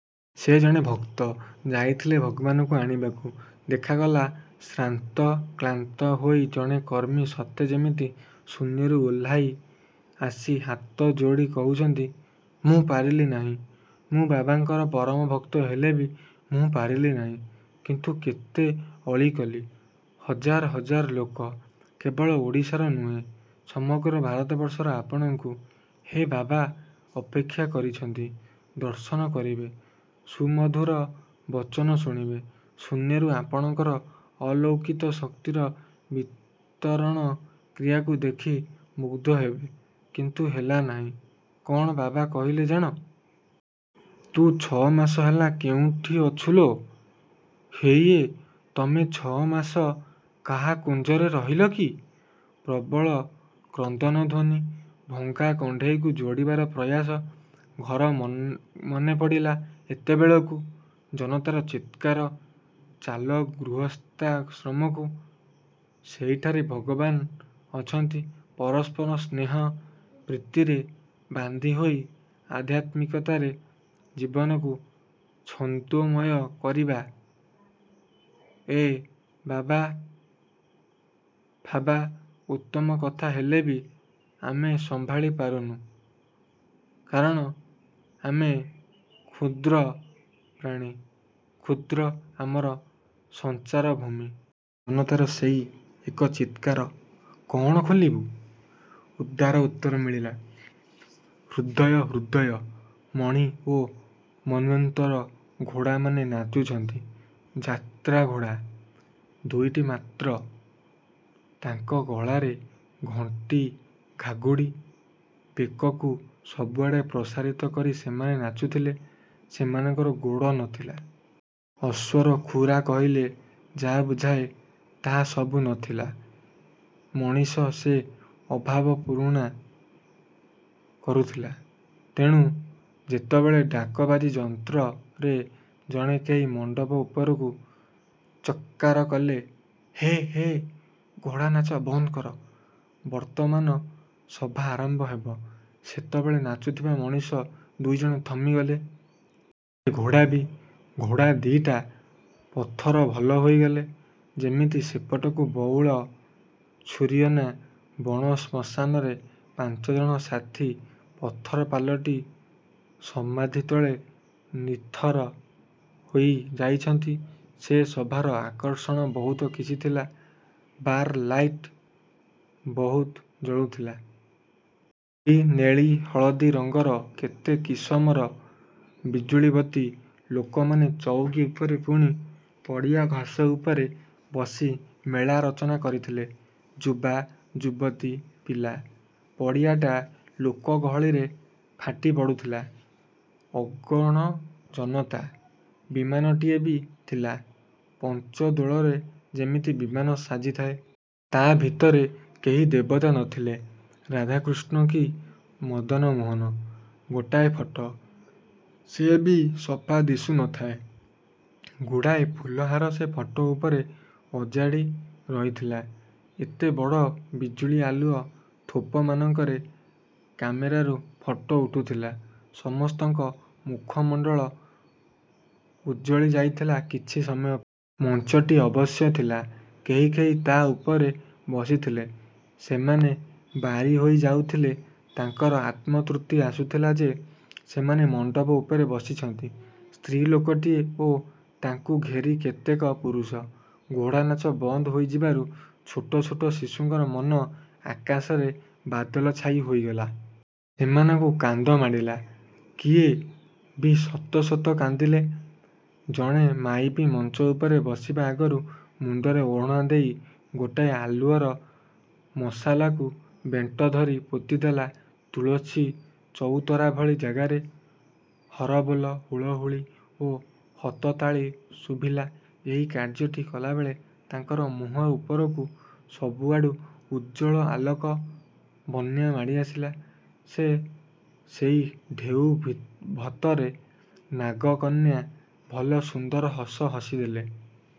ସେ ଜଣେ ଭକ୍ତ, ଯାଇଥିଲେ ଭଗବାନଙ୍କୁ ଆଣିବାକୁ। ଦେଖାଗଲା ଶ୍ରାନ୍ତ କ୍ଳାନ୍ତ ହୋଇ ଜଣେ କର୍ମୀ ସତେ ଯେମିତ ଶୂନ୍ୟରୁ ଓହ୍ଲାଇ ଆସି ହାତଯୋଡ଼ି କହୁଛନ୍ତି… "ମୁଁ ପାରିଲିନାହିଁ, ମୁଁ ବାବାଙ୍କର ପରମ ଭକ୍ତ ହେଲେ ବି ମୁଁ ପାରିଲିନାହଁ; କିନ୍ତୁ କେତେ ଅଳିକଲି, ହଜାର ହଜାର ଲୋକ, କେବଳ ଓଡ଼ିଶାର ନୁହେଁ, ସମଗ୍ର ଭରତବର୍ଷର ଆପଣଙ୍କୁ, ହେ ବାବା ଅପେକ୍ଷା କରିଛନ୍ତି, ଦର୍ଶନ କରିବେ, ସୁମଧୁର ବଚନ ଶୁଣିବେ, ଶୂନ୍ୟରୁ ଆପଣଙ୍କର ଅଲୌକିତ ଶକ୍ତିର ବିତରଣ କ୍ରିୟାକୁ ଦେଖି ମୁଗ୍ଧ ହେବେ; କିନ୍ତୁ ହେଲାନାହିଁ, କଅଣ ବାବା କହିଲେ ଜାଣ? ତୁ ଛଅ ମାସ ହେଲା କେଉଁଠି ଅଛୁ ଲୋ! ''ହଇଏ, ତମେ ଛଅମାସ କାହା କୁଞ୍ଜରେ ରହିଲ କି? " ପ୍ରବଳ କ୍ରନ୍ଦନଧ୍ଵନି। ଭଙ୍ଗା କଣ୍ଢେଇକୁ ଯୋଡ଼ିବାର ପ୍ରୟାସ। ଘର ମନେପଡ଼ିଲା ଏତେବେଳକୁ! ଜନତାର ଚିତ୍କାର… ଚାଲ ଗୃହସ୍ଥାଶ୍ରମକୁ… ସେଇଠାରେ ଭଗବାନ ଅଛନ୍ତି ପରସ୍ପର ସ୍ନେହ-ପ୍ରୀତିରେ ବାନ୍ଧି ହୋଇ ଆଧ୍ୟାତ୍ମିକତାରେ ଜୀବନକୁ ଛନ୍ଦୋମୟ କରିବା–ଏ ବାବା-ଫାବା ଉତ୍ତମ କଥା ହେଲେ ବି ଆମେ ସମ୍ଭାଳି ପାରୁନ୍ତୁ; କାରଣ ଆମେ କ୍ଷୁଦ୍ର-ପ୍ରାଣ, କ୍ଷୁଦ୍ର ଆମର ସଞ୍ଚାରଭୂମି। ଜନତାର ସେଇ ଏକ ଚିତ୍କାର– "କଅଣ ଖୋଲବୁ? " ଉଦାତ୍ତ ଉତ୍ତର ମିଳିଲା– "ହୃଦୟ… ହୃଦୟ… " ମଣି ଓ ମନ୍ଵନ୍ତର ଘୋଡ଼ାମାନେ ନାଚୁଛନ୍ତି। ଯାତ୍ରା ଘୋଡ଼ା। ଦୁଇଟି ମାତ୍ର… ତାଙ୍କ ଗଳାରେ ଘଣ୍ଟି ଘାଘୁଡ଼ି… ବେକକୁ ସବୁଆଡ଼େ ପ୍ରସାରିତ କରି ସେମାନେ ନାଚୁଥିଲେ। ସେମାନଙ୍କର ଗୋଡ଼ ନ ଥିଲା। ଅଶ୍ଵର ଖୁରା କହିଲେ ଯାହା ବୁଝାଯାଏ, ତାହା ସବୁ ନ ଥିଲା। ମଣିଷ ସେ ଅଭାବ ପୂରଣ କରୁଥିଲା। ତେଣୁ ଯେତେବେଳେ ଡାକବାଜି ଯନ୍ତ୍ରରେ ଜଣେ କେହି ମଣ୍ଡପ ଉପରୁ ଚତ୍କାରକଲେ-ହେଃ… ହେଃ ଘୋଡ଼ାନାଚ ବନ୍ଦ କର, ବର୍ତ୍ତମାନ ସଭା ଆରମ୍ଭ ହେବ, ସେତେବେଳେ ନାଚୁଥିବା ମଣିଷ ଦୁଇ ଜଣ ଥମିଗଲେ। ଆପେ ଆପେ ଘୋଡ଼ା ବି। ଘୋଡ଼ା ଦି'ଟା ପଥର ଭଲ ହୋଇଗଲେ। ଯିମିତି ସେପଟକୁ ବଉଳ ଛୁରିଅନା ବଣ ଶ୍ମଶାନରେ ପାଞ୍ଚଜଣ ସାଥୀ ପଥର ପାଲଟି ସମାଧି ତଳେ ନିଥର ହୋଇଯାଇଛନ୍ତି। ସେ ସଭାର ଆକର୍ଷଣ ବହୁତ କିଛି ଥିଲା। ବାର୍ ଲାଇଟ୍ ବହୁତ ଜଳୁଥିଲା। ନାଲି, ନେଳୀ, ହଳଦି ରଙ୍ଗର କେତେ କିସମର ବିଜୁଳିବତି। ଲୋକମାନେ ଚଉକି ଉପରେ ପୁଣି ପଡ଼ିଆ ଘାସ ଉପରେ ବସି ମେଳା ରଚନା କରିଥିଲେ। ଯୁବା, ଯୁବତୀ, ପିଲା। ପଡ଼ିଆଟା ଲୋକଗହଳିରେ ଫାଟିପଡ଼ୁଥିଲା। ଅଗଣନ ଜନତା। ବିମାନଟିଏ ବି ଥିଲା; ପଞ୍ଚ ଦୋଳରେ ଯେମିତି ବିମାନ ସାଜିଥାଏ। ତା ଭିତରେ କେହି ଦେବତା ନଥିଲେ। ରାଧା, କୃଷ୍ଣ କି ମଦନମୋହନ। ଗୋଟାଏ ଫଟ। ସେବି ସଫା ଦିଶୁ ନ ଥାଏ-। ଗୁଡ଼ାଏ ଫୁଲହାର ସେ ଫଟ ଉପରେ ଅଜାଡ଼ି ରହିଥିଲା। ଏଡ଼େ ବଡ଼ ବିଜୁଳି ଆଲୁଅ ଥୋପମାନଙ୍କରେ କାମେରାରୁ ଫଟ ଉଠୁଥିଲା। ସମସ୍ତଙ୍କ ମୁଖମଣ୍ଡଳ ଉଜଳିଯାଇଥିଲା କିଛି ସମୟ ପାଇଁ। ମଞ୍ଚଟିଏ ଅବଶ୍ୟ ଥିଲା। କେହି କେହି ତା ଉପରେ ବସିଥିଲେ। ସେମାନେ ବାରିହୋଇଯାଉଥିଲେ। ତାଙ୍କର ଆତ୍ମତୃପ୍ତି ଆସୁଥିଲା ଯେ ସେମାନେ ମଣ୍ଡପ ଉପରେ ବସିଛନ୍ତି। ସ୍ତ୍ରୀଲୋକଟିଏ ଓ ତାଙ୍କୁ ଘେରି କେତେକ ପୁରୁଷ। ଘୋଡ଼ାନାଚ ବନ୍ଦ ହୋଇଯିବାରୁ ଛୋଟ ଛୋଟ ଶିଶୁଙ୍କର ମନ-ଆକାଶରେ ବାଦଲ ଛାଇ ହୋଇଗଲା। ସେମାନଙ୍କୁ କାନ୍ଦ ମାଡ଼ିଲା। କିଏ ବି ସତ ସତ କାନ୍ଦିଲେ। ଜଣେ ମାଇପି ମଞ୍ଚ ଉପରେ ବସିବା ଆଗରୁ ମୁଣ୍ଡରେ ଓଢ଼ଣା ଦେଇ ଗୋଟାଏ ଆଲୁଅର ମଶାଲକୁ ବେଣ୍ଟ ଧରି ପୋତିଦେଲା ତୁଳସୀ ଚଉତରା ଭଳି ଜାଗାରେ। ହରବୋଲ, ହୁଳହୁଳି ଓ ହତତାଳି ଶୁଭିଲା। ଏହି କାର୍ଯ୍ୟଟି କଲାବେଳେ ତାଙ୍କର ମୁହଁଉପରକୁ ସବୁଆଡ଼ୁ ଉଜ୍ଜ୍ଵଳ ଆଲେକ-ବନ୍ୟା ମାଡ଼ିଆସିଲା। ସେ ସେଇ ଢେଉ ଭତରେ ନାଗକନ୍ୟା ଭଲ ସୁନ୍ଦର ହସ ହସିଦେଲେ।